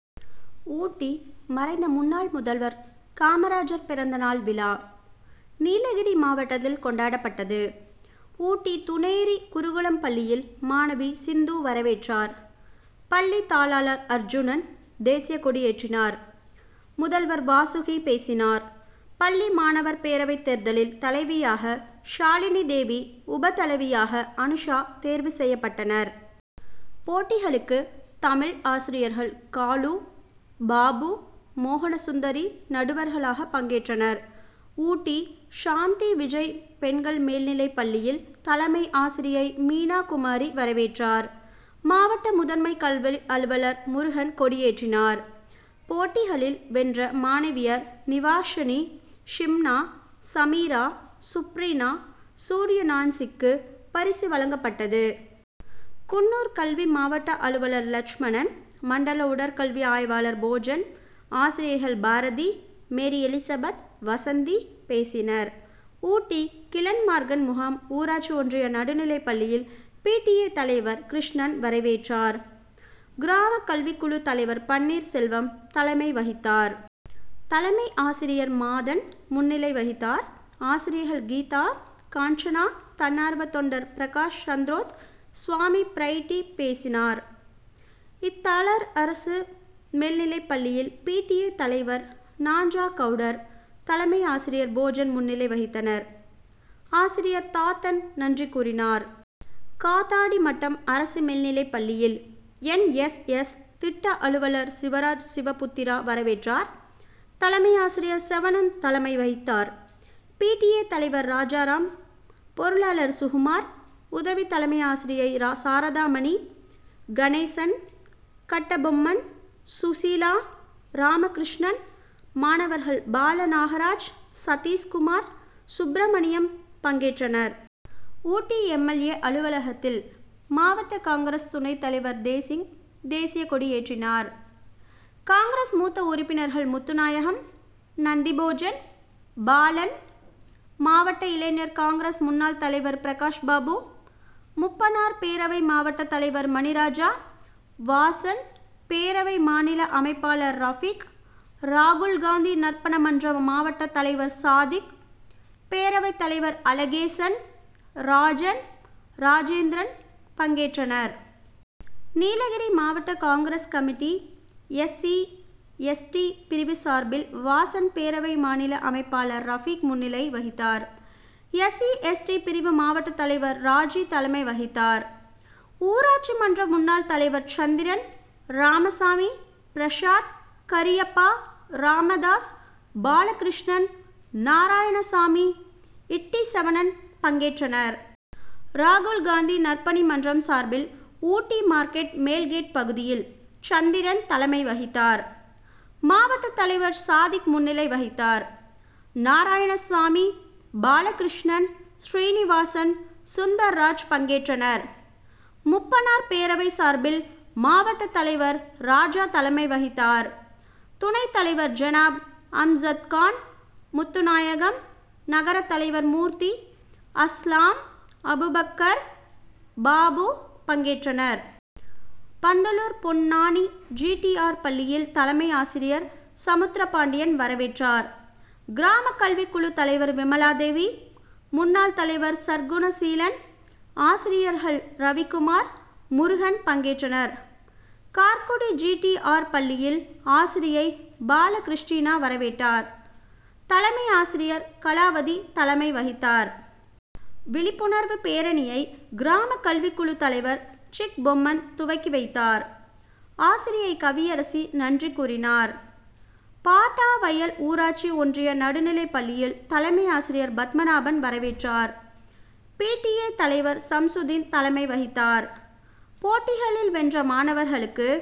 ஊட்டி மறைந்த முன்னாள் முதல்வர் காமராஜர் பிறந்த நாள் விழா, நீலகிரி மாவட்டத்தில் கொண்டாடப்பட்டது. ஊட்டி தூனேரி குருகுலம் பள்ளியில், மாணவி சிந்து வரவேற்றார். பள்ளி தாளாளர் அர்ஜுனன், தேசியக் கொடியேற்றினார். முதல்வர் வாசுகி பேசினார். பள்ளி மாணவர் பேரவைத் தேர்தலில், தலைவியாக ஷாலினி தேவி, உப தலைவியாக அனுஷா தேர்வு செய்யப்பட்டனர். போட்டிகளுக்கு, தமிழ் ஆசிரியர்கள் காலு, பாபு, மோகனசுந்தரி நடுவர்களாக பங்கேற்றனர். ஊட்டி சாந்தி விஜய் பெண்கள் மேல்நிலைப் பள்ளியில், தலைமை ஆசிரியை மீனாகுமாரி வரவேற்றார். மாவட்ட முதன்மை கல்வி அலுவலர் முருகன் கொடியேற்றினார். போட்டிகளில் வென்ற மாணவியர் நிவாஷனி, ஷிம்னா, சமீரா, சுப்ரீனா, சூர்யநான்சிக்கு பரிசு வழங்கப்பட்டது. குன்னூர் கல்வி மாவட்ட அலுவலர் லட்சுமணன், மண்டல உடற்கல்வி ஆய்வாளர் போஜன், ஆசிரியைகள் பாரதி, மேரி எலிசபெத், வசந்தி பேசினர். ஊட்டி கிளன்மார்கன் முகாம் ஊராட்சி ஒன்றிய நடுநிலைப் பள்ளியில், பி. டி. ஏ., தலைவர் கிருஷ்ணன் வரவேற்றார். கிராம கல்விக்குழு தலைவர் பன்னீர் செல்வம் தலைமை வகித்தார். தலைமை ஆசிரியர் மாதன் முன்னிலை வகித்தார். ஆசிரியைகள் கீதா, காஞ்சனா, தன்னார்வ தொண்டர் பிரகாஷ் சந்ரோத், சுவாமி பிரைட்டி பேசினர். இத்தலார் அரசு மேல்நிலைப் பள்ளியில், பி. டி. ஏ., தலைவர் நஞ்சாகவுடர், தலைமை ஆசிரியர் போஜன் முன்னிலை வகித்தனர். ஆசிரியர் தாத்தன் நன்றி கூறினார். காத்தாடிமட்டம் அரசு மேல்நிலைப் பள்ளியில், என். எஸ். எஸ்., திட்ட அலுவலர் சிவராஜ் சிவபுத்திரா வரவேற்றார். தலைமை ஆசிரியர் செவணன் தலைமை வகித்தார். பி. டி. ஏ., தலைவர் ராஜாராம், பொருளாளர் சுகுமார், உதவி தலைமை ஆசிரியை சாரதாமணி, கணேசன், கட்டபொம்மன், சுசிலா, ராமகிருஷ்ணன், மாணவர்கள் பாலநாகராஜ், சதீஷ்குமார், சுப்ரமணியம் பங்கேற்றனர். ஊட்டி எம். எல். ஏ., அலுவலகத்தில், மாவட்ட காங்., துணைத் தலைவர் தேசிங், தேசியக் கொடியேற்றினார். காங்., மூத்த உறுப்பினர்கள் முத்துநாயகம், நந்திபோஜன், பாலன், மாவட்ட இளைஞர் காங்., முன்னாள் தலைவர் பிரகாஷ் பாபு, மூப்பனார் பேரவை மாவட்ட தலைவர் மணிராஜா, வாசன் பேரவை மாநில அமைப்பாளர் ரபீக், ராகுல்காந்தி நற்பணி மன்ற மாவட்ட தலைவர் சாதிக், பேரவைத் தலைவர் அழகேசன், ராஜன், ராஜேந்திரன் பங்கேற்றனர். நீலகிரி மாவட்ட காங்., committee S. C., S. T., பிரிவு சார்பில், வாசன் பேரவை மாநில அமைப்பாளர் ரபிக் முன்னிலை வகித்தார். எஸ். சி.,எஸ். டி., பிரிவு மாவட்ட தலைவர் ராஜி தலைமை வகித்தார். ஊராட்சி மன்ற முன்னாள் தலைவர் சந்திரன், ராமசாமி, பிரசாத், கரியப்பா, ராமதாஸ், பாலகிருஷ்ணன், நாரயணசாமி, இட்டி செவணன் பங்கேற்றனர். ராகுல்காந்தி நற்பணி மன்றம் சார்பில், ஊட்டி மார்க்கெட் மேல்கேட் பகுதியில், சந்திரன் தலைமை வகித்தார். மாவட்ட தலைவர் சாதிக் முன்னிலை வகித்தார். நாராயணசாமி, பாலகிருஷ்ணன், சீனிவாசன், சுந்தர்ராஜ் பங்கேற்றனர். மூப்பனார் பேரவை சார்பில், மாவட்ட தலைவர் ராஜா தலைமை வகித்தார். துணைத் தலைவர் ஜனாப், அம்ஜத்கான், முத்துநாயகம், நகரத் தலைவர் மூர்த்தி, அஸ்லாம், அபுபக்கர், பாபு பங்கேற்றனர். Pandalur Ponnani G. T. R., பள்ளியில், தலைமை ஆசிரியர் சமுத்திரப்பாண்டியன் வரவேற்றார். கிராம கல்விக்குழு தலைவர் விமலாதேவி, முன்னாள் தலைவர் சற்குணசீலன், ஆசிரியர்கள் ரவிக்குமார், முருகன் பங்கேற்றனர். கார்குடி ஜி. டி. ஆர்., பள்ளியில், ஆசிரியை பால்கிருஷ்டினா வரவேற்றார். தலைமை ஆசிரியர் கலாவதி தலைமை வகித்தார். விழிப்புணர்வு பேரணியை, கிராம கல்விக்குழு தலைவர் சிக்பொம்மன் துவக்கி வைத்தார். ஆசிரியை கவியரசி நன்றி கூறினார். பாட்டவயல் ஊராட்சி ஒன்றிய நடுநிலைப் பள்ளியில், தலைமை ஆசிரியர் பத்மநாபன் வரவேற்றார். பி. டி. ஏ., தலைவர் சம்சுதீன் தலைமை வகித்தார். போட்டிகளில் வென்ற மாணவர்களுக்கு